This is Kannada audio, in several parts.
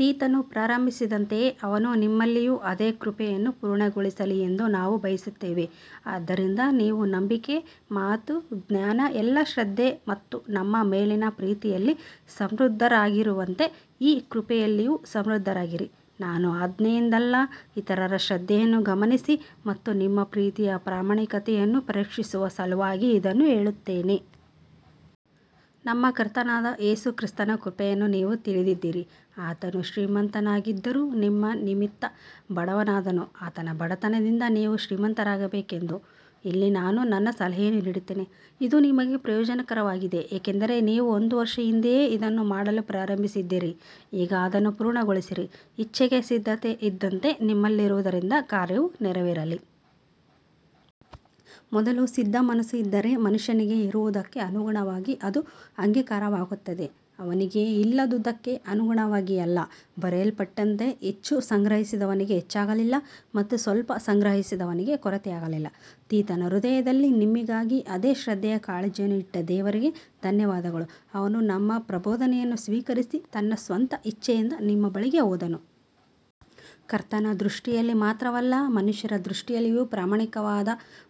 ತೀತನು ಪ್ರಾರಂಭಿಸಿದಂತೆಯೇ ಅವನು ನಿಮ್ಮಲ್ಲಿಯೂ ಅದೇ ಕೃಪೆಯನ್ನು ಪೂರ್ಣಗೊಳಿಸಲಿ ಎಂದು ನಾವು ಬಯಸುತ್ತೇವೆ. ಆದ್ದರಿಂದ ನೀವು ನಂಬಿಕೆ, ಮಾತು, ಜ್ಞಾನ, ಎಲ್ಲಾ ಶ್ರದ್ಧೆ ಮತ್ತು ನಮ್ಮ ಮೇಲಿನ ಪ್ರೀತಿಯಲ್ಲಿ ಸಮೃದ್ಧರಾಗಿರುವಂತೆ ಈ ಕೃಪೆಯಲ್ಲಿಯೂ ಸಮೃದ್ಧರಾಗಿರಿ. ನಾನು ಆಜ್ಞೆಯಿಂದಲ್ಲ, ಇತರರ ಶ್ರದ್ಧೆಯನ್ನು ಗಮನಿಸಿ ಮತ್ತು ನಿಮ್ಮ ಪ್ರೀತಿಯ ಪ್ರಾಮಾಣಿಕತೆಯನ್ನು ಪರೀಕ್ಷಿಸುವ ಸಲುವಾಗಿ ಇದನ್ನು ಹೇಳುತ್ತೇನೆ. ನಮ್ಮ ಕರ್ತನಾದ ಯೇಸು ಕ್ರಿಸ್ತನ ಕೃಪೆಯನ್ನು ನೀವು ತಿಳಿದಿದ್ದೀರಿ, ಆತನು ಶ್ರೀಮಂತನಾಗಿದ್ದರೂ ನಿಮ್ಮ ನಿಮಿತ್ತ ಬಡವನಾದನು, ಆತನ ಬಡತನದಿಂದ ನೀವು ಶ್ರೀಮಂತರಾಗಬೇಕೆಂದು. ಇಲ್ಲಿ ನಾನು ನನ್ನ ಸಲಹೆಯನ್ನು ನೀಡುತ್ತೇನೆ, ಇದು ನಿಮಗೆ ಪ್ರಯೋಜನಕರವಾಗಿದೆ, ಏಕೆಂದರೆ ನೀವು ಒಂದು ವರ್ಷ ಹಿಂದೆಯೇ ಇದನ್ನು ಮಾಡಲು ಪ್ರಾರಂಭಿಸಿದ್ದೀರಿ. ಈಗ ಅದನ್ನು ಪೂರ್ಣಗೊಳಿಸಿರಿ, ಇಚ್ಛೆಗೆ ಸಿದ್ಧತೆ ಇದ್ದಂತೆ ನಿಮ್ಮಲ್ಲಿರುವುದರಿಂದ ಕಾರ್ಯವೂ ನೆರವೇರಲಿ. ಮೊದಲು ಸಿದ್ಧಮನಸ್ಸು ಇದ್ದರೆ, ಮನುಷ್ಯನಿಗೆ ಇರುವುದಕ್ಕೆ ಅನುಗುಣವಾಗಿ ಅದು ಅಂಗೀಕಾರವಾಗುತ್ತದೆ, ಅವನಿಗೆ ಇಲ್ಲದುದಕ್ಕೆ ಅನುಗುಣವಾಗಿ ಅಲ್ಲ. ಬರೆಯಲ್ಪಟ್ಟಂತೆ, ಹೆಚ್ಚು ಸಂಗ್ರಹಿಸಿದವನಿಗೆ ಹೆಚ್ಚಾಗಲಿಲ್ಲ ಮತ್ತು ಸ್ವಲ್ಪ ಸಂಗ್ರಹಿಸಿದವನಿಗೆ ಕೊರತೆಯಾಗಲಿಲ್ಲ. ತೀತನ ಹೃದಯದಲ್ಲಿ ನಿಮ್ಮಿಗಾಗಿ ಅದೇ ಶ್ರದ್ಧೆಯ ಕಾಳಜಿಯನ್ನು ಇಟ್ಟ ದೇವರಿಗೆ ಧನ್ಯವಾದಗಳು. ಅವನು ನಮ್ಮ ಪ್ರಬೋಧನೆಯನ್ನು ಸ್ವೀಕರಿಸಿ ತನ್ನ ಸ್ವಂತ ಇಚ್ಛೆಯಿಂದ ನಿಮ್ಮ ಬಳಿಗೆ ಹೋದನು. ಕರ್ತನ ದೃಷ್ಟಿಯಲ್ಲಿ ಮಾತ್ರವಲ್ಲ, ಮನುಷ್ಯರ ದೃಷ್ಟಿಯಲ್ಲಿಯೂ ಪ್ರಾಮಾಣಿಕವಾದ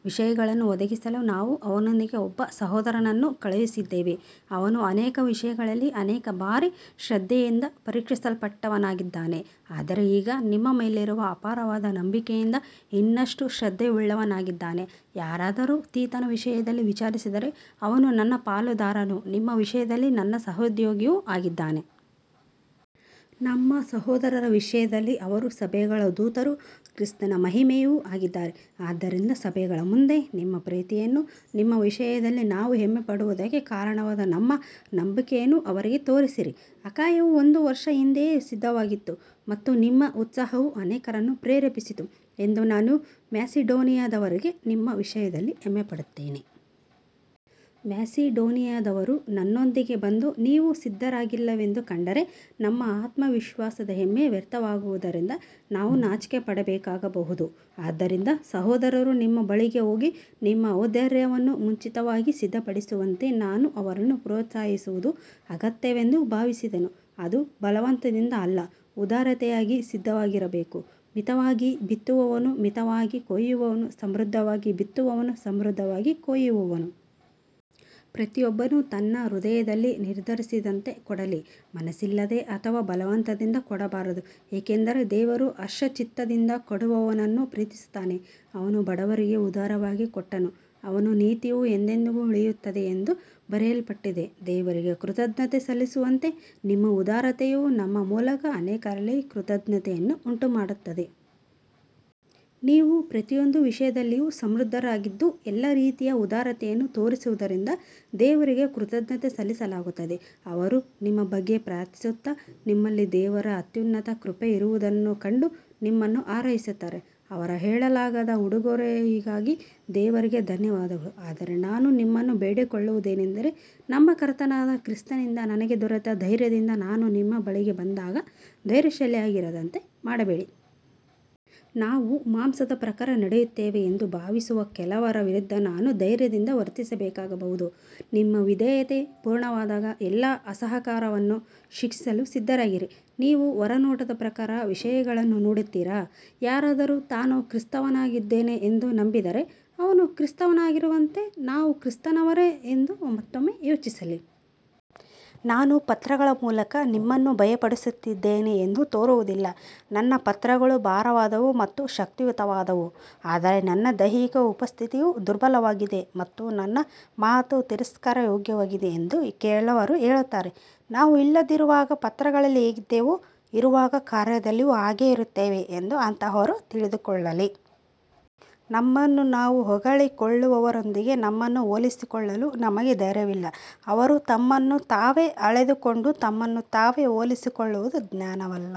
ವಿಷಯಗಳನ್ನು ಒದಗಿಸಲು ನಾವು ಅವನೊಂದಿಗೆ ಒಬ್ಬ ಸಹೋದರನನ್ನು ಕಳುಹಿಸಿದ್ದೇವೆ. ಅವನು ಅನೇಕ ವಿಷಯಗಳಲ್ಲಿ ಅನೇಕ ಬಾರಿ ಶ್ರದ್ಧೆಯಿಂದ ಪರೀಕ್ಷಿಸಲ್ಪಟ್ಟವನಾಗಿದ್ದಾನೆ, ಆದರೆ ಈಗ ನಿಮ್ಮ ಮೇಲಿರುವ ಅಪಾರವಾದ ನಂಬಿಕೆಯಿಂದ ಇನ್ನಷ್ಟು ಶ್ರದ್ಧೆಯುಳ್ಳವನಾಗಿದ್ದಾನೆ. ಯಾರಾದರೂ ತೀತನ ವಿಷಯದಲ್ಲಿ ವಿಚಾರಿಸಿದರೆ, ಅವನು ನನ್ನ ಪಾಲುದಾರನೂ ನಿಮ್ಮ ವಿಷಯದಲ್ಲಿ ನನ್ನ ಸಹೋದ್ಯೋಗಿಯೂ ಆಗಿದ್ದಾನೆ. ನಮ್ಮ ಸಹೋದರರ ವಿಷಯದಲ್ಲಿ ಅವರು ಸಭೆಗಳ ದೂತರೂ ಕ್ರಿಸ್ತನ ಮಹಿಮೆಯೂ ಆಗಿದ್ದಾರೆ. ಆದ್ದರಿಂದ ಸಭೆಗಳ ಮುಂದೆ ನಿಮ್ಮ ಪ್ರೀತಿಯನ್ನೂ ನಿಮ್ಮ ವಿಷಯದಲ್ಲಿ ನಾವು ಹೆಮ್ಮೆಪಡುವುದಕ್ಕೆ ಕಾರಣವಾದ ನಮ್ಮ ನಂಬಿಕೆಯನ್ನೂ ಅವರಿಗೆ ತೋರಿಸಿರಿ. ಅಖಾಯವು ಒಂದು ವರ್ಷ ಹಿಂದೆಯೇ ಸಿದ್ಧವಾಗಿತ್ತು ಮತ್ತು ನಿಮ್ಮ ಉತ್ಸಾಹವು ಅನೇಕರನ್ನು ಪ್ರೇರೇಪಿಸಿತು ಎಂದು ನಾನು ಮ್ಯಾಸಿಡೋನಿಯದವರಿಗೆ ನಿಮ್ಮ ವಿಷಯದಲ್ಲಿ ಹೆಮ್ಮೆಪಡುತ್ತೇನೆ. ಮ್ಯಾಸಿಡೋನಿಯದವರು ನನ್ನೊಂದಿಗೆ ಬಂದು ನೀವು ಸಿದ್ಧರಾಗಿಲ್ಲವೆಂದು ಕಂಡರೆ, ನಮ್ಮ ಆತ್ಮವಿಶ್ವಾಸದ ಹೆಮ್ಮೆ ವ್ಯರ್ಥವಾಗುವುದರಿಂದ ನಾವು ನಾಚಿಕೆಪಡಬೇಕಾಗಬಹುದು. ಆದ್ದರಿಂದ ಸಹೋದರರು ನಿಮ್ಮ ಬಳಿಗೆ ಹೋಗಿ, ನಿಮ್ಮ ಔದಾರ್ಯವನ್ನು ಮುಂಚಿತವಾಗಿ ಸಿದ್ಧಪಡಿಸುವಂತೆ ನಾನು ಅವರನ್ನು ಪ್ರೋತ್ಸಾಹಿಸುವುದು ಅಗತ್ಯವೆಂದು ಭಾವಿಸಿದೆನು. ಅದು ಬಲವಂತದಿಂದ ಅಲ್ಲ, ಉದಾರತೆಯಾಗಿ ಸಿದ್ಧವಾಗಿರಬೇಕು. ಮಿತವಾಗಿ ಬಿತ್ತುವವನು ಮಿತವಾಗಿ ಕೊಯ್ಯುವನು, ಸಮೃದ್ಧವಾಗಿ ಬಿತ್ತುವವನು ಸಮೃದ್ಧವಾಗಿ ಕೊಯ್ಯುವನು. ಪ್ರತಿಯೊಬ್ಬನು ತನ್ನ ಹೃದಯದಲ್ಲಿ ನಿರ್ಧರಿಸಿದಂತೆ ಕೊಡಲಿ, ಮನಸ್ಸಿಲ್ಲದೆ ಅಥವಾ ಬಲವಂತದಿಂದ ಕೊಡಬಾರದು, ಏಕೆಂದರೆ ದೇವರು ಹರ್ಷಚಿತ್ತದಿಂದ ಕೊಡುವವನನ್ನು ಪ್ರೀತಿಸುತ್ತಾನೆ. ಅವನು ಬಡವರಿಗೆ ಉದಾರವಾಗಿ ಕೊಟ್ಟನು, ಅವನ ನೀತಿಯು ಎಂದೆಂದಿಗೂ ಉಳಿಯುತ್ತದೆ ಎಂದು ಬರೆಯಲ್ಪಟ್ಟಿದೆ. ದೇವರಿಗೆ ಕೃತಜ್ಞತೆ ಸಲ್ಲಿಸುವಂತೆ ನಿಮ್ಮ ಉದಾರತೆಯು ನಮ್ಮ ಮೂಲಕ ಅನೇಕರಲ್ಲಿ ಕೃತಜ್ಞತೆಯನ್ನು ಉಂಟುಮಾಡುತ್ತದೆ. ನೀವು ಪ್ರತಿಯೊಂದು ವಿಷಯದಲ್ಲಿಯೂ ಸಮೃದ್ಧರಾಗಿದ್ದು, ಎಲ್ಲಾ ರೀತಿಯ ಉದಾರತೆಯನ್ನು ತೋರಿಸುವುದರಿಂದ ದೇವರಿಗೆ ಕೃತಜ್ಞತೆ ಸಲ್ಲಿಸಲಾಗುತ್ತದೆ. ಅವರು ನಿಮ್ಮ ಬಗ್ಗೆ ಪ್ರಾರ್ಥಿಸುತ್ತಾ, ನಿಮ್ಮಲ್ಲಿ ದೇವರ ಅತ್ಯುನ್ನತ ಕೃಪೆ ಇರುವುದನ್ನು ಕಂಡು ನಿಮ್ಮನ್ನು ಹಾರೈಸುತ್ತಾರೆ. ಅವರ ಹೇಳಲಾಗದ ಉಡುಗೊರೆಯಿಗಾಗಿ ದೇವರಿಗೆ ಧನ್ಯವಾದಗಳು. ಆದರೆ ನಾನು ನಿಮ್ಮನ್ನು ಬೇಡಿಕೊಳ್ಳುವುದೇನೆಂದರೆ, ನಮ್ಮ ಕರ್ತನಾದ ಕ್ರಿಸ್ತನಿಂದ ನನಗೆ ದೊರೆತ ಧೈರ್ಯದಿಂದ ನಾನು ನಿಮ್ಮ ಬಳಿಗೆ ಬಂದಾಗ ಧೈರ್ಯಶಾಲಿಯಾಗಿರದಂತೆ ಮಾಡಬೇಡಿ. ನಾವು ಮಾಂಸದ ಪ್ರಕಾರ ನಡೆಯುತ್ತೇವೆ ಎಂದು ಭಾವಿಸುವ ಕೆಲವರ ವಿರುದ್ಧ ನಾನು ಧೈರ್ಯದಿಂದ ವರ್ತಿಸಬೇಕಾಗಬಹುದು. ನಿಮ್ಮ ವಿಧೇಯತೆ ಪೂರ್ಣವಾದಾಗ, ಎಲ್ಲಾ ಅಸಹಕಾರವನ್ನು ಶಿಕ್ಷಿಸಲು ಸಿದ್ಧರಾಗಿರಿ. ನೀವು ಹೊರನೋಟದ ಪ್ರಕಾರ ವಿಷಯಗಳನ್ನು ನೋಡುತ್ತೀರಾ. ಯಾರಾದರೂ ತಾನು ಕ್ರಿಸ್ತನವನಾಗಿದ್ದೇನೆ ಎಂದು ನಂಬಿದರೆ, ಅವನು ಕ್ರಿಸ್ತನವನಾಗಿರುವಂತೆ ನಾವೂ ಕ್ರಿಸ್ತನವರೇ ಎಂದು ಮತ್ತೊಮ್ಮೆ ಯೋಚಿಸಲಿ. ನಾನು ಪತ್ರಗಳ ಮೂಲಕ ನಿಮ್ಮನ್ನು ಭಯಪಡಿಸುತ್ತಿದ್ದೇನೆ ಎಂದು ತೋರುವುದಿಲ್ಲ. ನನ್ನ ಪತ್ರಗಳು ಭಾರವಾದವು ಮತ್ತು ಶಕ್ತಿಯುತವಾದವು, ಆದರೆ ನನ್ನ ದೈಹಿಕ ಉಪಸ್ಥಿತಿಯು ದುರ್ಬಲವಾಗಿದೆ ಮತ್ತು ನನ್ನ ಮಾತು ತಿರಸ್ಕಾರಯೋಗ್ಯವಾಗಿದೆ ಎಂದು ಕೆಲವರು ಹೇಳುತ್ತಾರೆ. ನಾವು ಇಲ್ಲದಿರುವಾಗ ಪತ್ರಗಳಲ್ಲಿ ಹೇಗಿದ್ದೇವೋ, ಇರುವಾಗ ಕಾರ್ಯದಲ್ಲಿಯೂ ಹಾಗೆಯೇ ಇರುತ್ತೇವೆ ಎಂದು ಅಂತಹವರು ತಿಳಿದುಕೊಳ್ಳಲಿ. ನಮ್ಮನ್ನು ನಾವು ಹೊಗಳಿಕೊಳ್ಳುವವರೊಂದಿಗೆ ನಮ್ಮನ್ನು ಹೋಲಿಸಿಕೊಳ್ಳಲು ನಮಗೆ ಧೈರ್ಯವಿಲ್ಲ. ಅವರು ತಮ್ಮನ್ನು ತಾವೇ ಅಳೆದುಕೊಂಡು ತಮ್ಮನ್ನು ತಾವೇ ಹೋಲಿಸಿಕೊಳ್ಳುವುದು ಜ್ಞಾನವಲ್ಲ.